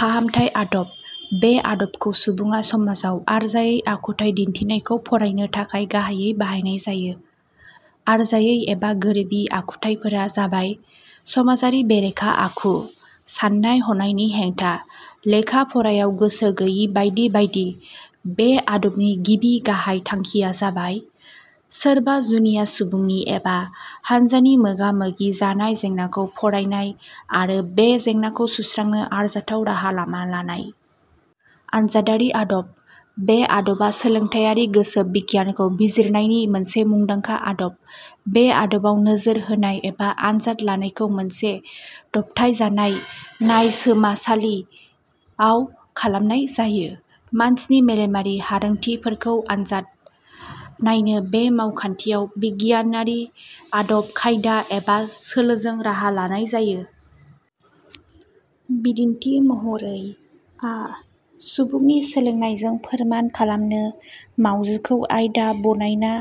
फाहामथाय आदब: बे आदबखौ सुबुङा समाजाव आरजायै आखुथाइ दिन्थिनायखौ फरायनो थाखाय गाहाइयै बाहायनाय जायो। आरजायै एबा गोरोबि आखुथाइफोरा जाबाय-समाजारि बेरेखा आखु, सान्नाय-हनायनि हेंथा, लेखा-फरायाव गोसो गैयि बायदि बायदि। बे आदबनि गिबि गाहाइ थांखिया जाबाय सोरबा जुनिया सुबुंनि एबा हानजानि मोगा-मोगि जानाय जेंनाखौ फरायनाय आरो बे जेंनाखौ सुस्रांनो आरजाथाव राहा लामा लानाय।. आनजादारि आदब: बे आदबा सोलोंथाइयारि गोसो बिगियानखौ बिजिरनायनि मोनसे मुंदांखा आदब। बे आदबाव नोजोर होनाय एबा आनजाद लानायखौ मोनसे दबथायजानाय नायसोमासालि आव खालामनाय जायो। मानसिनि मेलेमारि हारोंथि फोरखौ आनजाद नायनो बे मावखान्थियाव बिगियानारि आदब खायदा एबा सोलोजों राहा लानाय जायो। बिदिन्थि महरै आ सुबुंनि सोलोंनायखौ फोरमान खालामनो मावजिखौ आयदा बनायना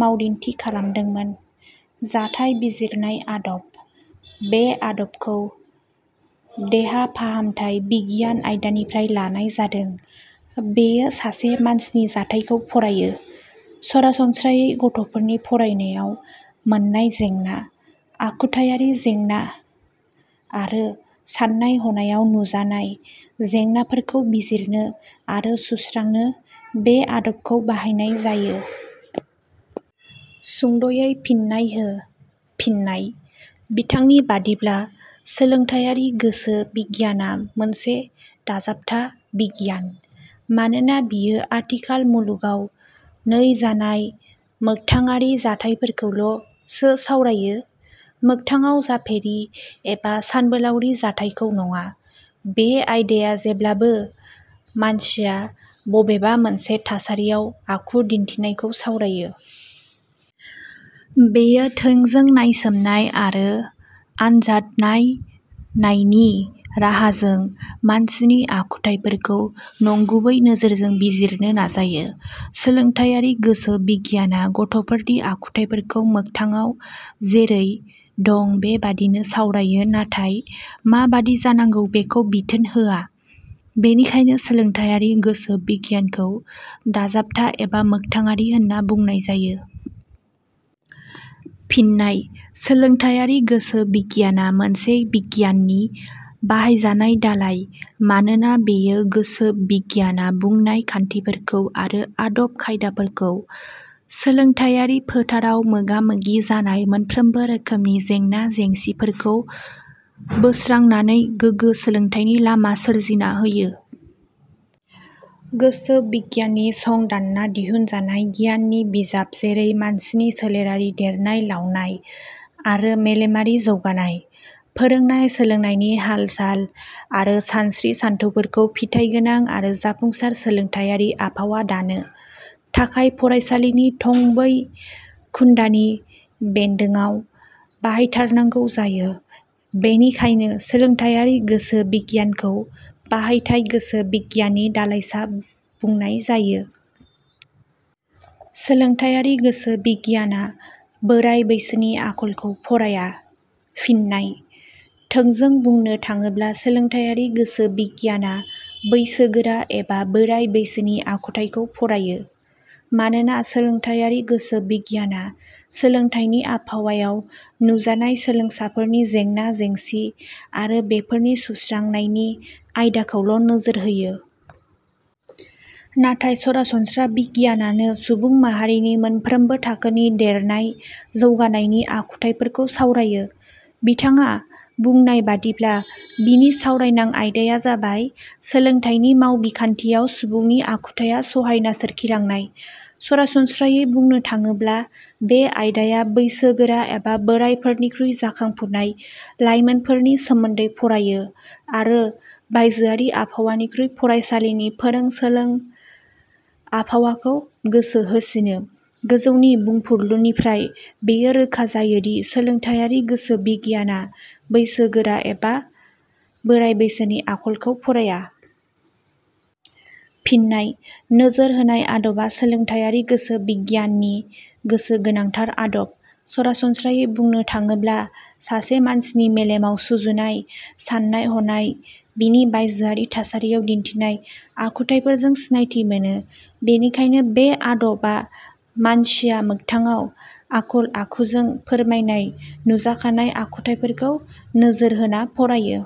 मावदिन्थि खालामदोंमोन।. जाथाइ बिजिरनाय आदब: बे आदबखौ देहा फाहामथाइ बिगियान आयदानिफ्राय लानाय जादों। बेयो सासे मानसिनि जाथाय खौ फरायो। सरासनस्रायै गथ 'फोरनि फरायनायाव मोन्नाय जेंना, आखुथाइयारि जेंना आरो सान्नाय हनायाव नुजानाय जेंनाफोरखौ बिजिरनो आरो सुत्रांनो बे आदबखौ बाहायनाय जायो।. सुंद'यै फिननाय हो: फिननाय:बिथां नि बादिब्ला सोलोंथाइयारि गोसो बिगियाना मोनसे दाजाबथा बिगियान। मानोना बियो आथिखाल मुलुगाव नैजानाय मोगथाङारि जाथायफोरखौल 'सो सावरायो। मोगथाङाव जाफेरि एबा सानबोलावरि जाथायखौ नङा। बे आयदाया जेब्लाबो मानसिया बबेबा मोनसे थासारियाव आखु दिन्थिनायखौ सावरायो। बेयो थोंजों नायसोमनाय आरो आनजादनाय नायनायनि राहाजों मानसिनि आखुथायफोरखौ नंगुबै नोजोरजों बिजिरनो नाजायो। सोलोंथाइयारि गोसो बिगियाना गथ'फोरनि आखुथाइफोरखौ मोगथाडाव जेरै- दं बेबादिनो सावरायो नाथाय माबादि जानांगौ बेखौ बिथोन होआ। बेनिखायनो सोलोंथाइयारि गोसो बिगियानखौ दाजाबथा एबा मोगथाङारि होनना बुंनाय जायो। फिननाय: सोलोंथाइयारि गोसो बिगियाना मोनसे गोसो बिगियाननि बाहायजानाय दालाइ। मानोना बेयो गोसो बिगियाना बुंनाय खान्थिफोरखौ आरो आदब खायदाफोरखौ सोलोंथाइयारि फोथाराव मोगा-मोगि जानाय मोनफ्रोमबो रोखोमनि जेंना जेंसिफोरखौ बोत्रांनानै गोगो सोलोंथाइनि लामा सोरजिना होयो। गोसो बिगियाननि संदानना दिहुनजानाय गियाननि बिजाब जेरै मानसिनि सोलेरारि देरनाय-लावनाय आरो मेलेमारि जौगानाय, फोरोंनाय- सोलोंनायनि हालसाल आरो सानस्रि-सानथौफोरखौ फिथाइगोनां आरो जाफुंसार सोलोंथाइयारि आबहावा दानो थाखाय फरायसालिनि थंबै खुन्धानि बेन्दोड़ाव बाहायथारनांगौ जायो। बेनिखायनो सोलोंथाइयारि गोसो बिगियानखौ बाहायथाय गोसो बिगियाननि दालाइसा बुंनाय जायो। सोलोंथाइयारि गोसो बिगियाना बोराइ बैसोनि आखलखौ फराया। फिननाय: थोंजों बुंनो थाङोब्ला सोलोंथायारि गोसो बिगियाना बैसो गोरा एबा बोराय बैसोनि आखुथाइखौ फरायो। मानोना सोलोंथाइयारि गोसो बिगियाना सोलोंथाइनि आबहावायाव नुजानाय सोलोंसाफोरनि जेंना जेंसि आरो बेफोरनि सुस्रांनायनि आयदाखौल'नोजोर होयो। नाथाय सरासनस्रा बिगियानानो सुबुं माहारिनि मोनफ्रोमबो थाखोनि देरनाय जौगानायनि आखुथाइफोरखौ सावरायो। बिथां आ बुंनाय बादिब्ला, बिनि सावरायनां आयदाया जाबाय सोलोंथाइनि मावबिखान्थियाव सुबुंनि आखुथाइया सहायना सोरखिलांनाय। सरासनस्रायै बुंनो थाङोब्ला बे आयदाया बैसो गोरा एबा बोरायफोरनिखुइ जाखां फुनाय लाइमोनफोरनि सोमोन्दै फरायो आरो बायजोआरि आबहावानिख्रुइ फरायसालिनि फोरों सोलों आबहावाखौ गोसो होसिनो गोजौनि बुंफुरलुनिफ्राय बेयो रोखा जायोदि सोलोंथायारि गोसो बिगियाना बैसो गोरा एबा बोराय बैसोनि आखलखौ फराया। फिननाय: नोजोर होनाय आदबा सोलोंथायारि गोसो बिगियाननि मोनसे गोनांथार आदब। सरासनस्रायै बुंनो थाङोब्ला सासे मानसिनि मेलेमाव सुजुनाय साननाय हनाय बिनि बायजोआरि थासारिआव दिन्थिनाय आखुथाइफोरजों सिनायथि मोनो। बेनिखायनो बे आदबा मानसिया मोगथाङाव आखल-आखुजों फोरमायनाय नुजाखानाय आखुथाइफोरखौ नोजोर होना फरायो।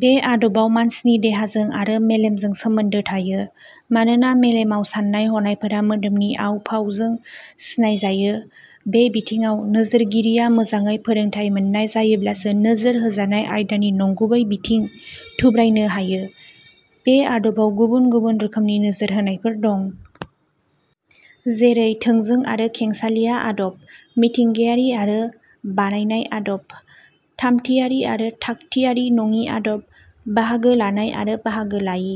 बे आदबाव मानसिनि देहाजों आरो मेलेमजों सोमोन्दो थायो। मानोना मेलेमाव साननाय हनायफोरा मोदोमनि आव-फावजों सिनाय जायो। बे बिथिङाव नोजोरगिरिया मोजाङै फोरोंथाइ मोननाय जायोब्लासो नोजोर होजानाय आयदानि नंगुबै बिथिं थुब्रायनो हायो। बे आदबाव गुबुन गुबुन रोखोमनि नोजोर होनायफोर दं। जेरै- थोंजों आरो खेंसालिया आदब। मिथिंगायारि आरो बानायनाय आदब। थामथियारि आरो थागथियारि नङि आदब। बाहागो लानाय आरो बाहागो लायि।